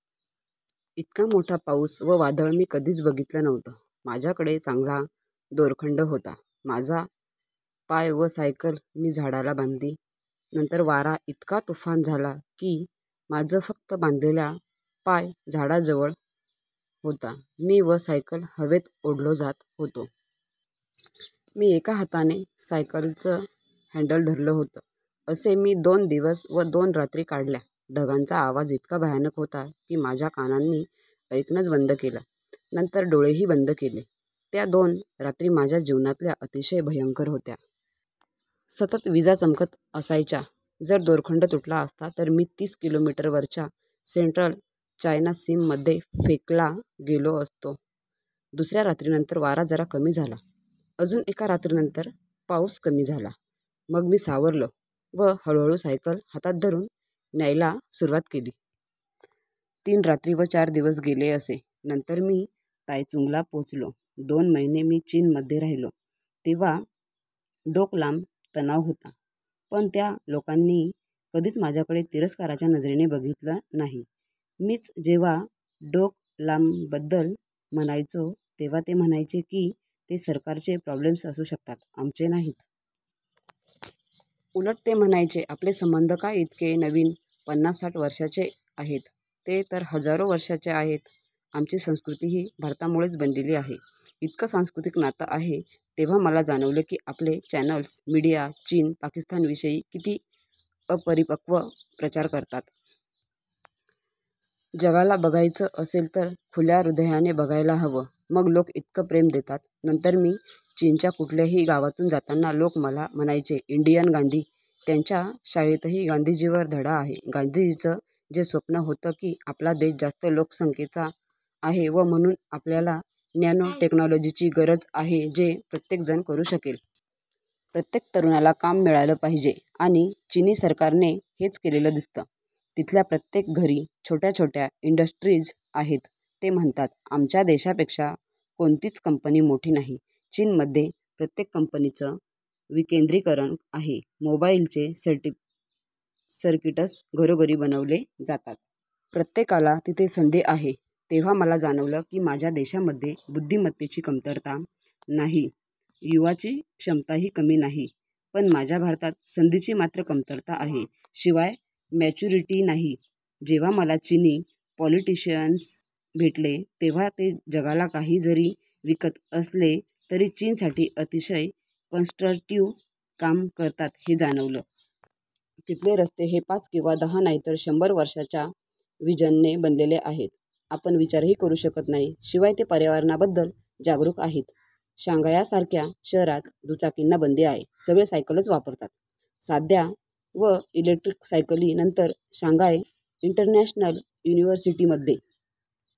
इतका मोठा पाऊस व वादळ मी कधीच बघितलं नव्हतं. माझ्याकडे चांगला दोरखंड होता. माझा पाय व सायकल मी झाडाला बांधली. नंतर वारा इतका तुफान झाला की, माझा फक्त बांधलेला पाय झाडाजवळ होता. मी व सायकल हवेत ओढलो जात होतो. मी एका हाताने सायकलचं हँडल धरलं होतं. असे मी दोन दिवस व दोन रात्री काढल्या. ढगांचा आवाज इतका भयानक होता की, माझ्या कानांनी ऐकणंच बंद केलं. नंतर डोळेही बंद केले. त्या दोन रात्री माझ्या जीवनातल्या अतिशय भयंकर होत्या. सतत वीजा चमकत असायच्या. जर दोरखंड तुटला असता तर मी तीस किलोमीटरवरच्या सेंट्रल चायना सीमध्ये फेकला गेलो असतो. दुसऱ्या रात्रीनंतर वारा जरा कमी झाला. अजून एका रात्रीनंतर पाऊस कमी झाला. मग मी सावरलो व हळूहळू सायकल हातात धरून न्यायला सुरुवात केली. तीन रात्री व चार दिवस गेले असे. नंतर मी तायचुंगला पोहोचलो. दोन महिने मी चीनमध्ये राहिलो. तेव्हा डोकलाम तणाव होता. पण त्या लोकांनी कधीच माझ्याकडे तिरस्काराच्या नजरेने बघितलं नाही. मीच जेव्हा डोकलामबद्दल म्हणायचो, तेव्हा ते म्हणायचे की ते सरकारचे प्रॉब्लेम्स असू शकतात, आमचे नाहीत. उलट ते म्हणायचे, आपले संबंध काय इतके नवीन, पन्नास साठ वर्षांचे आहेत? ते तर हजारो वर्षांचे आहेत. आमची संस्कृतीही भारतामुळेच बनलेली आहे. इतकं सांस्कृतिक नातं आहे. तेव्हा मला जाणवलं की, आपले चॅनल्स, मीडिया चीन, पाकिस्तानविषयी किती अपरिपक्व प्रचार करतात. जगाला बघायचं असेल तर खुल्या हृदयाने बघायला हवं, मग लोक इतकं प्रेम देतात. नंतर मी चीनच्या कुठल्याही गावातून जाताना लोक मला म्हणायचे, इंडियन, गांधी? त्यांच्या शाळेतही गांधीजींवर धडा आहे. गांधीजींचं जे स्वप्न होतं की, आपला देश जास्त लोकसंख्येचा आहे व म्हणून आपल्याला नॅनो टेक्नॉलॉजीची गरज आहे जे प्रत्येक जण करू शकेल. प्रत्येक तरुणाला काम मिळालं पाहिजे. आणि चिनी सरकारने हेच केलेलं दिसतं. तिथल्या प्रत्येक घरी छोट्या छोट्या इंडस्ट्रीज आहेत. ते म्हणतात आमच्या देशापेक्षा कोणतीच कंपनी मोठी नाही. चीनमध्ये प्रत्येक कंपनीचं विकेंद्रीकरण आहे. मोबाईलचे सर्किट्स घरोघरी बनवले जातात. प्रत्येकाला तिथे संधी आहे. तेव्हा मला जाणवलं की, माझ्या देशामध्ये बुद्धिमत्तेची कमतरता नाहीय, युवांची क्षमताही कमी नाहीय. पण माझ्या भारतात संधींची मात्र कमतरता आहे. शिवाय मॅच्युरिटी नाहीय. जेव्हा मला चिनी पॉलिटिशिअन्स भेटले, तेव्हा ते जगाला काही जरी विकत असले तरी चीनसाठी अतिशय कन्स्ट्रक्टिव्ह काम करतात, हे जाणवलं. तिथले रस्ते हे पाच किंवा दहा नाही तर शंभर वर्षांच्या व्हिजनने बनलेले आहेत. आपण विचारही करू शकत नाही. शिवाय ते पर्यावरणाबद्दल जागरूक आहेत. शांघायसारख्या शहरात दुचाकींना बंदी आहे. सगळे सायकलच वापरतात. साध्या व इलेक्ट्रिक सायकली. नंतर शांघाय इंटरनॅशनल युनिव्हर्सिटीमध्ये